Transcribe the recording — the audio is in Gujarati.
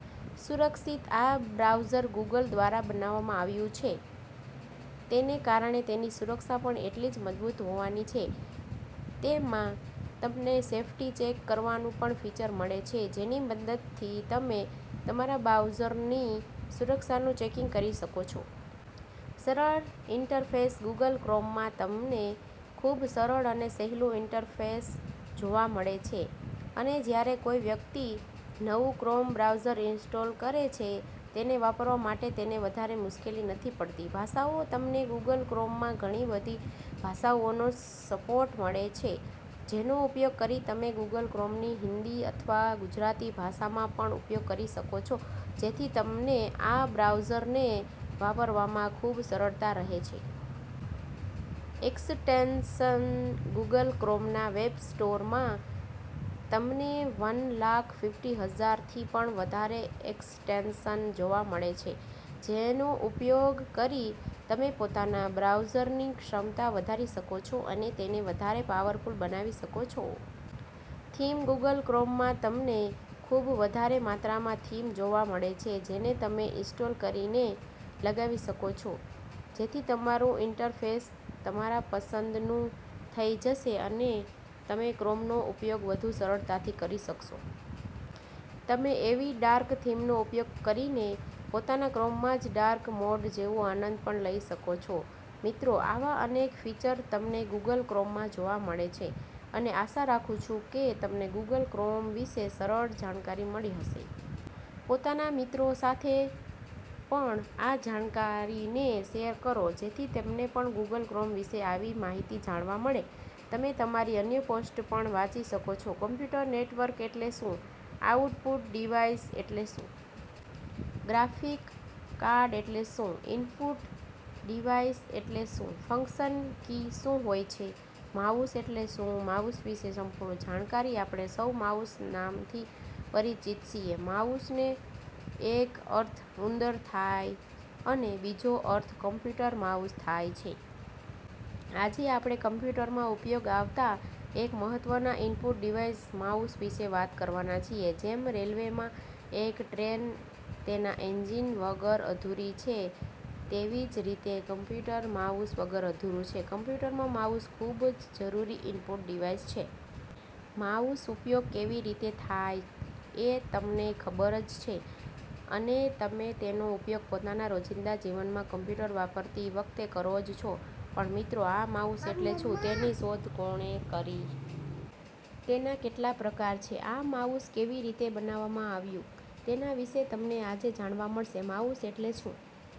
સુરક્ષિત આ બ્રાઉઝર ગૂગલ દ્વારા બનાવવામાં આવ્યું છે તેને કારણે તેની સુરક્ષા પણ એટલી જ મજબૂત હોવાની છે, તેમાં તમને સેફટી ચેક કરવાનું પણ ફીચર મળે છે જેની મદદથી તમે તમારા બ્રાઉઝરની સુરક્ષાનું ચેકિંગ કરી શકો છો. સરળ ઇન્ટરફેસ ગૂગલ ક્રોમમાં તમને ખૂબ સરળ અને સહેલું ઇન્ટરફેસ જોવા મળે છે અને જ્યારે કોઈ વ્યક્તિ નવું ક્રોમ બ્રાઉઝર ઇન્સ્ટોલ કરે છે તેને વાપરવા માટે તેને વધારે મુશ્કેલી નથી પડતી. ભાષાઓ તમને ગૂગલ ક્રોમમાં ઘણી બધી ભાષાઓનો સપોર્ટ મળે છે જેનો ઉપયોગ કરી તમે ગૂગલ ક્રોમને હિન્દી અથવા ગુજરાતી ભાષામાં પણ ઉપયોગ કરી શકો છો જેથી તમને આ બ્રાઉઝરને વાપરવામાં ખૂબ સરળતા રહે છે. એક્સટેન્શન ગૂગલ ક્રોમના વેબ સ્ટોરમાં તમને વન લાખ ફિફ્ટી હજારથી પણ વધારે એક્સટેન્શન જોવા મળે છે જેનો ઉપયોગ કરી તમે પોતાના બ્રાઉઝરની ક્ષમતા વધારી શકો છો અને તેને વધારે પાવરફુલ બનાવી શકો છો. થીમ ગૂગલ ક્રોમમાં તમને ખૂબ વધારે માત્રામાં થીમ જોવા મળે છે જેને તમે ઇન્સ્ટોલ કરીને લગાવી શકો છો જેથી તમારું ઇન્ટરફેસ તમારા પસંદનું થઈ જશે અને તમે ક્રોમનો ઉપયોગ વધુ સરળતાથી કરી શકશો. તમે એવી ડાર્ક થીમનો ઉપયોગ કરીને પોતાના ક્રોમમાં જ ડાર્ક મોડ જેવો આનંદ પણ લઈ શકો છો. મિત્રો આવા અનેક ફીચર્સ તમને ગૂગલ ક્રોમમાં જોવા મળે છે અને આશા રાખું છુ કે તમને ગૂગલ ક્રોમ વિશે સરળ જાણકારી મળી હશે. પોતાના મિત્રો સાથે પણ આ જાણકારીને શેર કરો જેથી તેમને પણ ગૂગલ ક્રોમ વિશે આવી માહિતી જાણવા મળે. તમે અમારી અન્ય પોસ્ટ પણ વાંચી શકો છો. કમ્પ્યુટર નેટવર્ક એટલે શું? આઉટપુટ ડિવાઇસ એટલે શું? ગ્રાફિક કાર્ડ એટલે શું? ઈનપુટ ડિવાઇસ એટલે શું? ફંક્શન કી શું હોય છે? માઉસ એટલે શું? માઉસ વિશે સંપૂર્ણ જાણકારી આપણે સૌ માઉસ નામથી પરિચિત છીએ, માઉસનો એક અર્થ ઉંદર થાય અને બીજો અર્થ કમ્પ્યુટર માઉસ થાય છે. આજે આપણે કમ્પ્યુટરમાં ઉપયોગ આવતા એક મહત્વના ઈનપુટ ડિવાઇસ માઉસ વિશે વાત કરવાના છીએ. જેમ રેલ્વેમાં એક ટ્રેન તેના એંજિન વગર અધૂરી છે તેવી જ રીતે કમ્પ્યુટર માઉસ વગર અધૂરું છે. કમ્પ્યુટરમાં માઉસ ખૂબ જ જરૂરી ઈનપુટ ડિવાઇસ છે. માઉસનો ઉપયોગ કેવી રીતે થાય એ તમને ખબર જ છે અને તમે તેનો ઉપયોગ પોતાના રોજિંદા જીવનમાં કમ્પ્યુટર વાપરતી વખતે કરો જ છો, પણ મિત્રો આ માઉસ એટલે શું? તેની શોધ કોને કરી? તેના કેટલા પ્રકાર છે? આ માઉસ કેવી રીતે બનાવવામાં આવ્યું? તેના વિશે તમને આજે જાણવા મળશે. માઉસ એટલે શું?